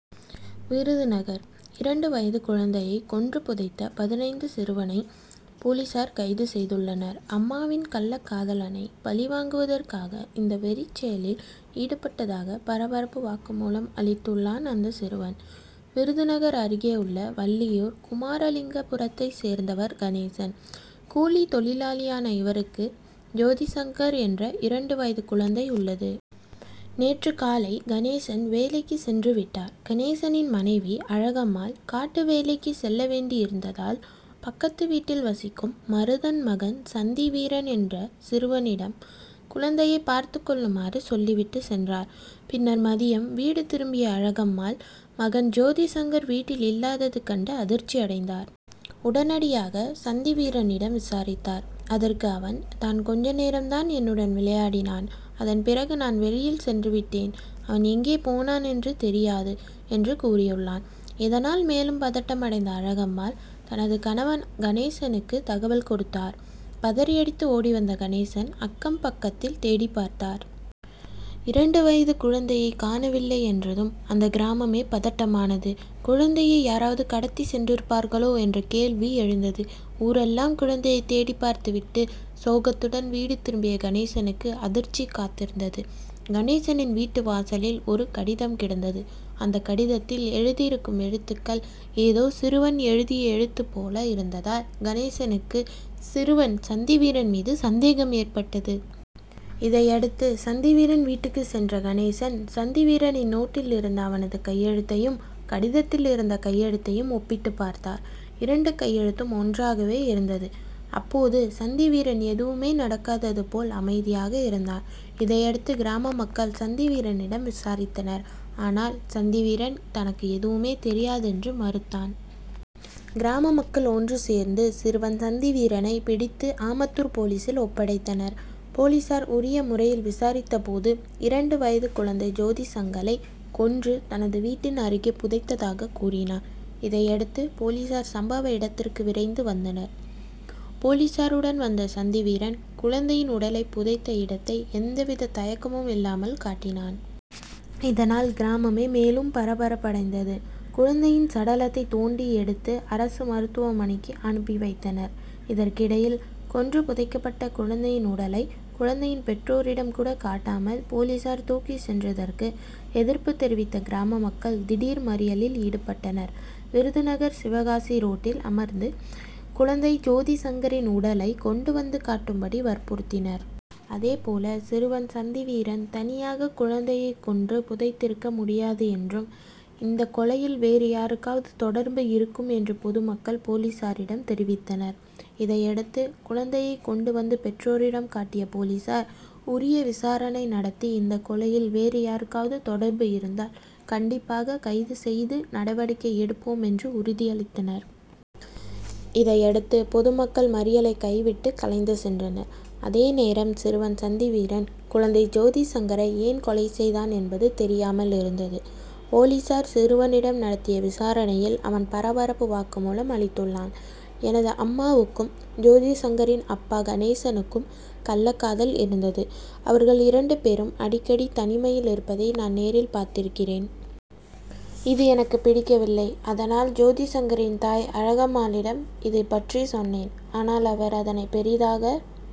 விருதுநகர்: இரண்டு வயது குழந்தையை கொன்று புதைத்த பதினைந்து சிறுவனை போலீசார் கைது செய்துள்ளனர். அம்மாவின் கள்ளக்காதலனை பழிவாங்குவதற்காக இந்த வெறிச்செயலில் ஈடுபட்டதாக பரபரப்பு வாக்குமூலம் அளித்துள்ளான் அந்த சிறுவன். விருதுநகர் அருகே உள்ள வள்ளியூர் குமாரலிங்கபுரத்தைச் சேர்ந்தவர் கணேசன். கூலித் தொழிலாளியான இவருக்கு ஜோதிசங்கர் என்ற இரண்டு வயது குழந்தை உள்ளது. நேற்று காலை கணேசன் வேலைக்கு சென்று விட்டார். கணேசனின் மனைவி அழகம்மாள் காட்டு வேலைக்கு செல்ல வேண்டியிருந்ததால் பக்கத்து வீட்டில் வசிக்கும் மருதன் மகன் சந்திவீரன் என்ற சிறுவனிடம் குழந்தையை பார்த்துக்கொள்ளுமாறு சொல்லி விட்டுச் சென்றார். பின்னர் மதியம் வீடு திரும்பிய அழகம்மாள், மகன் ஜோதிசங்கர் வீட்டில் இல்லாதது கண்டு அதிர்ச்சியடைந்தார். உடனடியாக சந்திவீரனிடம் விசாரித்தார். அதற்கு அவன், தான் கொஞ்சநேரம்தான் என்னுடன் விளையாடினான். அதன் பிறகு நான் வெளியில் சென்று விட்டேன். அவன் எங்கே போனான் என்று தெரியாது, என்று கூறியுள்ளான். இதனால் மேலும் பதட்டமடைந்த அழகம்மாள், தனது கணவன் கணேசனுக்கு தகவல் கொடுத்தார். பதறியடித்து ஓடிவந்த கணேசன், அக்கம் பக்கத்தில் தேடிப்பார்த்தார். இரண்டு வயது குழந்தையை காணவில்லை என்றதும் அந்த கிராமமே பதட்டமானது. குழந்தையை யாராவது கடத்தி சென்றிருப்பார்களோ? என்ற கேள்வி எழுந்தது. ஊரெல்லாம் குழந்தையை தேடிப்பார்த்து விட்டு சோகத்துடன் வீடு திரும்பிய கணேசனுக்கு அதிர்ச்சி காத்திருந்தது. கணேசனின் வீட்டு வாசலில் ஒரு கடிதம் கிடந்தது. அந்த கடிதத்தில் எழுதியிருக்கும் எழுத்துக்கள் ஏதோ சிறுவன் எழுதிய எழுத்து போல இருந்ததால் கணேசனுக்கு, சிறுவன் சந்திவீரன் மீது சந்தேகம் ஏற்பட்டது. இதையடுத்து சந்திவீரன் வீட்டுக்கு சென்ற கணேசன், சந்திவீரனின் நோட்டில் இருந்த அவனது கையெழுத்தையும், கடிதத்தில் இருந்த கையெழுத்தையும் ஒப்பிட்டு பார்த்தார். இரண்டு கையெழுத்தும் ஒன்றாகவே இருந்தது. அப்போது சந்திவீரன் எதுவுமே நடக்காதது போல அமைதியாக இருந்தான். இதையடுத்து கிராம மக்கள் சந்திவீரனிடம் விசாரித்தனர். ஆனால் சந்திவீரன், தனக்கு எதுவும் தெரியாது என்று மறுத்தான். கிராமமக்கள் ஒன்றுசேர்ந்து சிறுவன் சந்திவீரனை பிடித்து ஆமத்தூர் போலீசில் ஒப்படைத்தனர். போலீசார் உரிய முறையில் விசாரித்தபோது, இரண்டு வயது குழந்தை ஜோதிசங்களை கொன்று தனது வீட்டின் அருகே புதைத்ததாக கூறினான். இதையடுத்து போலீசார் சம்பவ இடத்துக்கு விரைந்து வந்தனர். போலீசாருடன் வந்த சந்திவீரன், குழந்தையின் உடலை புதைத்த இடத்தை எந்தவித தயக்கமும் இல்லாமல் காட்டினான். இதனால் கிராமமே மேலும் பரபரப்படைந்தது. குழந்தையின் சடலத்தை தோண்டி எடுத்து அரசு மருத்துவமனைக்கு அனுப்பி வைத்தனர். இதற்கிடையில், கொன்று புதைக்கப்பட்ட குழந்தையின் உடலை குழந்தையின் பெற்றோரிடம் கூட காட்டாமல் போலீசார் தூக்கிச் சென்றதற்கு எதிர்ப்பு தெரிவித்த கிராம மக்கள் திடீர் மறியலில் ஈடுபட்டனர். விருதுநகர்- சிவகாசி ரோட்டில் அமர்ந்து குழந்தை ஜோதி சங்கரின் உடலை கொண்டு வந்து காட்டும்படி வற்புறுத்தினர். அதேபோல சிறுவன் சந்திவீரன் தனியாக குழந்தையை கொன்று புதைத்திருக்க முடியாது என்றும், இந்த கொலையில் வேறு யாருக்காவது தொடர்பு இருக்கும் என்றும் பொதுமக்கள் போலீசாரிடம் தெரிவித்தனர். இதையடுத்து குழந்தையை கொண்டு வந்து பெற்றோரிடம் காட்டிய போலீசார், உரிய விசாரணை நடத்தி இந்த கொலையில் வேறு யாருக்காவது தொடர்பு இருந்தால் கண்டிப்பாக கைது செய்து நடவடிக்கை எடுப்போம், என்று உறுதி அளித்தனர். இதையடுத்து பொதுமக்கள் மறியலை கைவிட்டு கலைந்து சென்றனர். அதேநேரம் சிறுவன் சந்திவீரன், குழந்தை ஜோதிசங்கரை ஏன் கொலை செய்தான்? என்பது தெரியாமல் இருந்தது. போலீசார் சிறுவனிடம் நடத்திய விசாரணையில் அவன் பரபரப்பு வாக்குமூலம் அளித்துள்ளான். எனது அம்மாவுக்கும், ஜோதிசங்கரின் அப்பா கணேசனுக்கும் கள்ளக்காதல் இருந்தது. அவர்கள் இரண்டுபேரும் அடிக்கடி தனிமையில் இருப்பதை நான் நேரில் பார்த்திருக்கிறேன். இது எனக்கு பிடிக்கவில்லை. அதனால் ஜோதிசங்கரின் தாய் அழகம்மாளிடம் இதுபற்றி சொன்னேன். ஆனால் அவர் அதனை பெரிதாக